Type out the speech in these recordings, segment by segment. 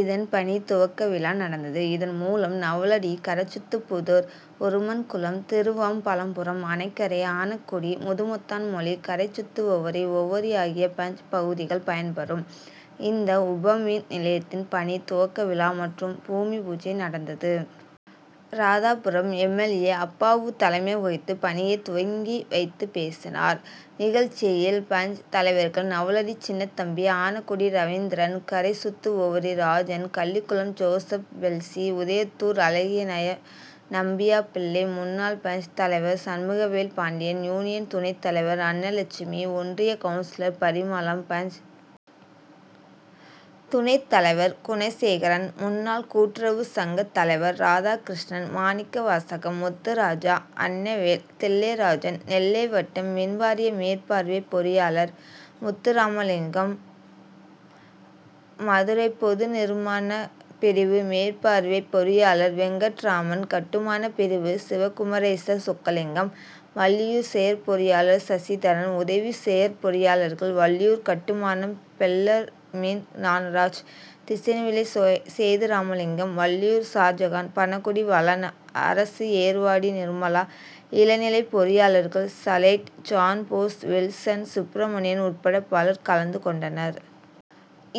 இதன் பணி துவக்க விழா நடந்தது. இதன் மூலம் நவ்வலடி, கரைச்சுத்து புதூர், உருமன்குளம், திருவம்பலபுரம், அணைக்கரை, ஆனைகுடி, முதுமொத்தான்மொழி, கரைச்சுத்து உவரி, உவரி ஆகிய பஞ்., பகுதிகள் பயன் பெறும். இந்த உபமின் நிலையத்தின் பணி துவக்க விழா மற்றும் பூமி பூஜை நடந்தது. Radhapuram M. L. A., Appavu தலைமை வகித்து பணியை துவக்கி வைத்து பேசினார். நிகழ்ச்சியில் பஞ்., தலைவர்கள் நவ்வலடி சின்னதம்பி, ஆனைகுடி ரவீந்திரன், கரைச்சுத்து உவரி ராஜன், கள்ளிகுளம் ஜோசப் பெல்ஸி, உதயத்தூர் அழகியநம்பியாபிள்ளை, முன்னாள் பஞ்.,தலைவர் சண்முகவேல் பாண்டியன், யூனியன் துணைத் தலைவர் அன்னலெட்சுமி, ஒன்றிய கவுன்சிலர் பரிமளம், பஞ்., துணைத் தலைவர் குணசேகரன், முன்னாள் கூட்டுறவு சங்க தலைவர் ராதாகிருஷ்ணன், மாணிக்கவாசகம், முத்துராஜா, அன்னவேல், தில்லைராஜன், நெல்லை வட்டம் மின்வாரிய மேற்பார்வை பொறியாளர் முத்துராமலிங்கம், மதுரை பொது நிர்மான பிரிவு மேற்பார்வை பொறியாளர் வெங்கட்ராமன், கட்டுமான பிரிவு சிவகுமரேச சொக்கலிங்கம், வள்ளியூர் செயற்பொறியாளர் சசிதரன், உதவி செயற்பொறியாளர்கள் வள்ளியூர் கட்டுமானம் பெல்லார்மின் ஞானராஜ், திசையன்விளை சேதுராமலிங்கம், வள்ளியூர் ஷாஜகான், பணகுடி வளன் அரசு, ஏர்வாடி நிர்மலா, இளநிலை பொறியாளர்கள் சலேட், ஜான்போஸ், வில்சன், சுப்பிரமணியன் உட்பட பலர் கலந்து கொண்டனர்.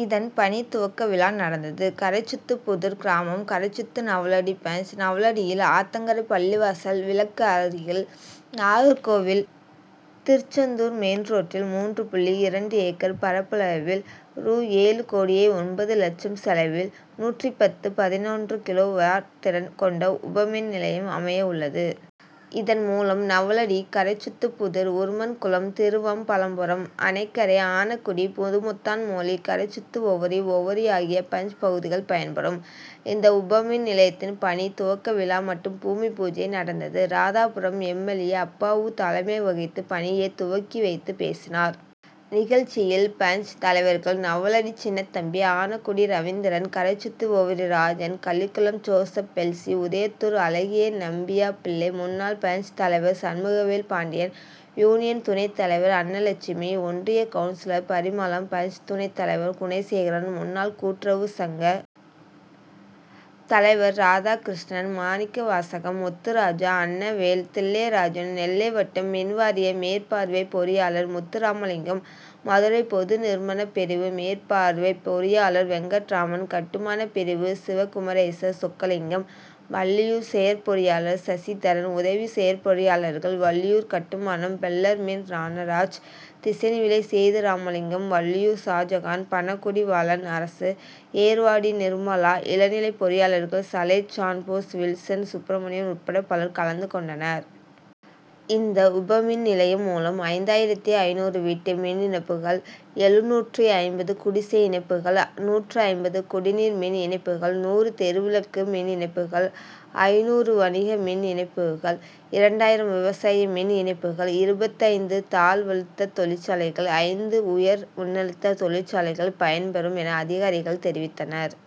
இதன் பணி துவக்க விழா நடந்தது. கரைச்சுத்து புதூர் கிராமம் கரைச்சுத்து நவ்வலடி பஞ்., நவ்வலடியில் ஆத்தங்கரை பள்ளிவாசல் விலக்கு அருகில் நாகர்கோவில் திருச்செந்தூர் மெயின் ரோட்டில் மூன்று புள்ளி இரண்டு ஏக்கர் பரப்பளவில் ரூ.ஏழு கோடியே ஒன்பது லட்சம் செலவில் நூற்று பத்து, பதினொன்று கிலோ வாட் திறன் கொண்ட உபமின் நிலையம் அமைய உள்ளது. இதன் மூலம் நவ்வலடி, கரைச்சுத்து புதூர், உருமன்குளம், திருவம்பலபுரம், அணைக்கரை, ஆனைகுடி, முதுமொத்தான்மொழி, கரைச்சுத்து உவரி, உவரி ஆகிய பஞ்., பகுதிகள் பயன் பெறும். இந்த உபமின் நிலையத்தின் பணி துவக்க விழா மற்றும் பூமி பூஜை நடந்தது. Radhapuram M. L. A., Appavu தலைமை வகித்து பணியை துவக்கி வைத்து பேசினார். நிகழ்ச்சியில் பஞ்., தலைவர்கள் நவ்வலடி சின்னதம்பி, ஆனைகுடி ரவீந்திரன், கரைச்சுத்து உவரி ராஜன், கள்ளிகுளம் ஜோசப் பெல்ஸி, உதயத்தூர் அழகியநம்பியாபிள்ளை, முன்னாள் பஞ்.,தலைவர் சண்முகவேல் பாண்டியன், யூனியன் துணைத் தலைவர் அன்னலெட்சுமி, ஒன்றிய கவுன்சிலர் பரிமளம், பஞ்., துணைத் தலைவர் குணசேகரன், முன்னாள் கூட்டுறவு சங்க தலைவர் ராதாகிருஷ்ணன், மாணிக்கவாசகம், முத்துராஜா, அன்னவேல், தில்லைராஜன், நெல்லை வட்டம் மின்வாரிய மேற்பார்வை பொறியாளர் முத்துராமலிங்கம், மதுரை பொது நிர்மான பிரிவு மேற்பார்வை பொறியாளர் வெங்கட்ராமன், கட்டுமான பிரிவு சிவகுமரேச சொக்கலிங்கம், வள்ளியூர் செயற்பொறியாளர் சசிதரன், உதவி செயற்பொறியாளர்கள் வள்ளியூர் கட்டுமானம் பெல்லார்மின் ஞானராஜ், திசையன்விளை சேதுராமலிங்கம், வள்ளியூர் ஷாஜகான், பணகுடி வளன் அரசு, ஏர்வாடி நிர்மலா, இளநிலை பொறியாளர்கள் சலேட், ஜான்போஸ், வில்சன், சுப்பிரமணியன் உட்பட பலர் கலந்து கொண்டனர். இந்த உபமின் நிலையம் மூலம் ஐந்தாயிரத்து ஐந்நூறு வீட்டு மின் இணைப்புகள், எழுநூற்று ஐம்பது குடிசை இணைப்புகள், நூற்று ஐம்பது குடிநீர் மின் இணைப்புகள், நூறு தெருவிளக்கு மின் இணைப்புகள், ஐந்நூறு வணிக மின் இணைப்புகள், இரண்டாயிரம் விவசாய மின் இணைப்புகள், இருபத்தைந்து தாழ்வழுத்த தொழிற்சாலைகள், ஐந்து உயர் மின்னழுத்த தொழிற்சாலைகள் பயன்பெறும் என அதிகாரிகள் தெரிவித்தனர்.